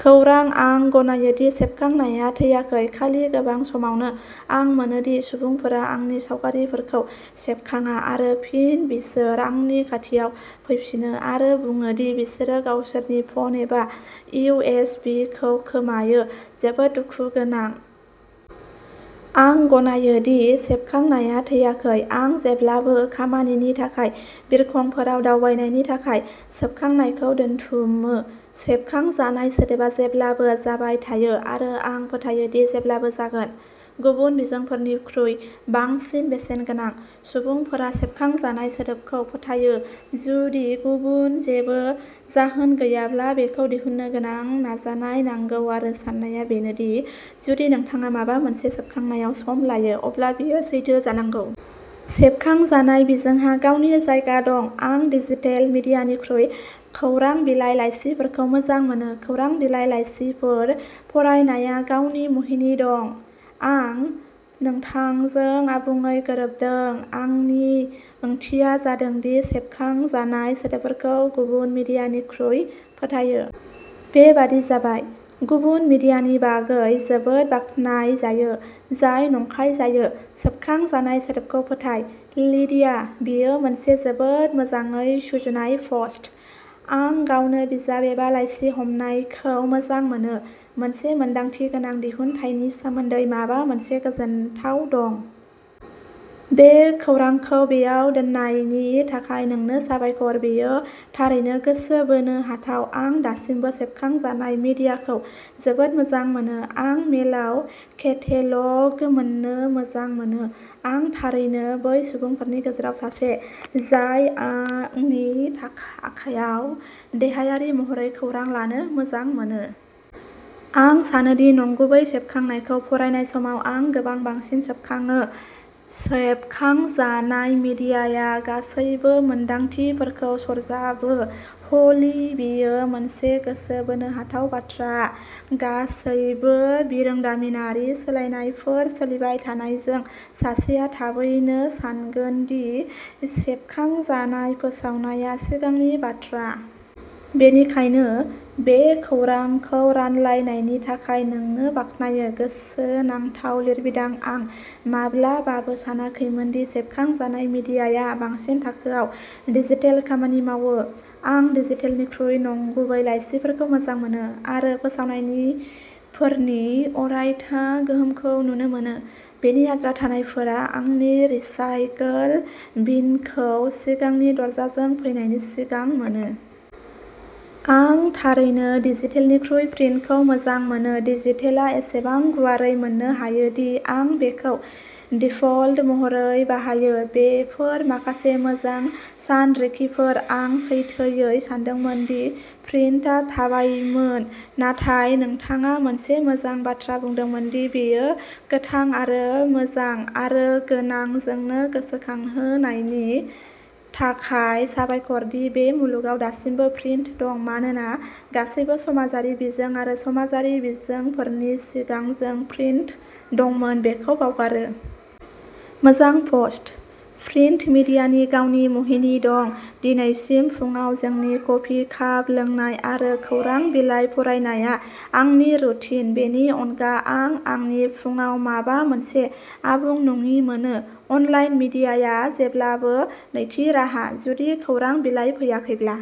खौरां आं गनायो दि सेबखांनाया थैयाखै, खालि गोबां समावनो आं मोनो दि सुबुंफोरा आंनि सावगारिफोरखौ सेबखांया आरो फिन बिसोर आंनि खाथियाव फैफिनो आरो बुङो दि बिसोरो गावसोरनि फ'न एबा इउ एस बि खौ खोमायो जोबोद दुखु गोनां। आं गनायो दि सेबखांनाया थैयाखै। आं जेब्लाबो खामानिनि थाखाय बिरखंफोराव दावबायनायनि थाखाय सेबखांनायखौ दोनथुमो। सेबखांजानाय सोदोबा जेब्लाबो जाबाय थायो आरो आं फोथायो दि जेब्लाबो जागोन, गुबुन बिजोंफोरनिख्रुइ बांसिन बेसेनगोनां। सुबुंफोरा सेबखांजानाय सोदोबखौ फोथायो जुदि गुबुन जेबो जाहोन गैयाब्ला बेखौ दिहुन्नो गोबां नाजानाय नांगौ आरो साननाया बेनो दि जुदि नोंथाङा माबा मोनसे सेबखांनायाव सम लायो, अब्ला बेयो सैथो जानांगौ। सेबखांजानाय बिजोंहा गावनि जायगा दं। आं डिजिटेल मिडियानिख्रुइ खौरां बिलाइ, लाइसिफोरखौ मोजां मोनो। खौरां बिलाइ, लाइसिफोर फरायनाया गावनि मुहिनि दं। आं नोंथांजों आबुङै गोरोबदों, आंनि ओंथिया जादों आं सेबखांजानाय सोदोबफोरखौ गुबुन मिडियानिख्रुइ फोथायो। बेबादि जाबाय। गुबुन मिडियानि बागै जोबोद बाख्नायनाय जायो, जाय नंखाय जायो। सेबखांजानाय सोदोबखौ फोथाय, लिडिया बेयो मोनसे जोबोद मोजाङै सुजुनाय पस्ट। आं गावनो बिजाब एबा लाइसि हमनायखौ मोजां मोनो, मोनसे मोनदांथि गोनां दिहुनथायनि सोमोन्दै माबा मोनसे गोजोनथाव दं। बे खौरांखौ बेयाव दोननायनि थाखाय नोंनो साबायखर। बेयो थारैनो गोसो बोनो हाथाव आं दासिमबो सेबखांजानाय मिडियाखौ जोबोद मोजां मोनो। आं मेलआव केटेल'ग मोन्नो मोजां मोनो। आं थारैनो बै सुबुंफोरनि गेजेराव सासे, जाय आंनि आखायाव देहायारि महरै खौरां लानो मोजां मोनो। आं सानो दि नंगुबै सेबखांनायखौ फरायनाय समाव आं गोबां बांसिन सोबखांयो। सेबखांजानाय मिडियाया गासैबो मोनदांथिफोरखौ सरजाबो, ह'ली बेयो मोनसे गोसो बोनो हाथाव बाथ्रा। गासैबो बिरोंदामिनारि सोलायनायफोर सोलिबाय थानायजों सासेया थाबैनो सानगोन दि सेबखांजानाय फोसावनाया सिगांनि बाथ्रा। बेनिखायनो, बे खौरांखौ रानलायनायनि थाखाय नोंनो बाख्नायो। गोसोनांथाव लिरबिदां आं माब्लाबाबो सानाखैमोनदि सेबखांजानाय मीडियाया बांसिन थाखोफोराव डिजिटेल खामानि मावो। आं डिजिटेलनिख्रुइ नंगुबै लाइसिफोरखौ मोजां मोनो आरो फोसावनायफोरनि अरायथा गोहोमखौ नुनो मोनो, बेनि आद्रा थानायफोरा आंनि रिसाइकल बिनखौ सिगांनि दरजाजों फैनायनि सिगां मोनो। आं थारैनो डिजिटेलनिख्रुइ प्रिन्टखौ मोजां मोनो। डिजिटेलआ एसेबां गुवारै मोननो हायो दि आं बेखौ दिफल्ट महरै बाहायो। बेफोर माखासे मोजां सानरिखिफोर आं सैथोयै सानदोंमोन दि प्रिन्टआ थैबायमोन नाथाय नोंथाङा मोनसे मोजां बाथ्रा बुंदोंमोन दि बेयो गोथां आरो मोजां आरो गोनां जोंनो गोसोखांहोनायनि थाखाय साबायखर दि बे मुलुगाव दासिमबो प्रिन्ट दं मानोना गासैबो समाजारि बिजों आरो समाजारि बिजोंफोरनि सिगां जों प्रिन्ट दंमोन बेखौ बावगारो। मोजां पस्ट। प्रिन्ट मिडियानि गावनि मुहिनि दं, दिनैसिम फुंआव जोंनि कफि काप लोंनाय आरो खौरां बिलाइ फरायनाया आंनि रुटिन, बेनि अनगा आं आंनि फुंआव माबा मोनसे आबुं नङि मोनो। अनलाइन मीडियाया जेब्लाबो नैथि राहा, जुदि खौरां बिलाइ फैयाखैब्ला।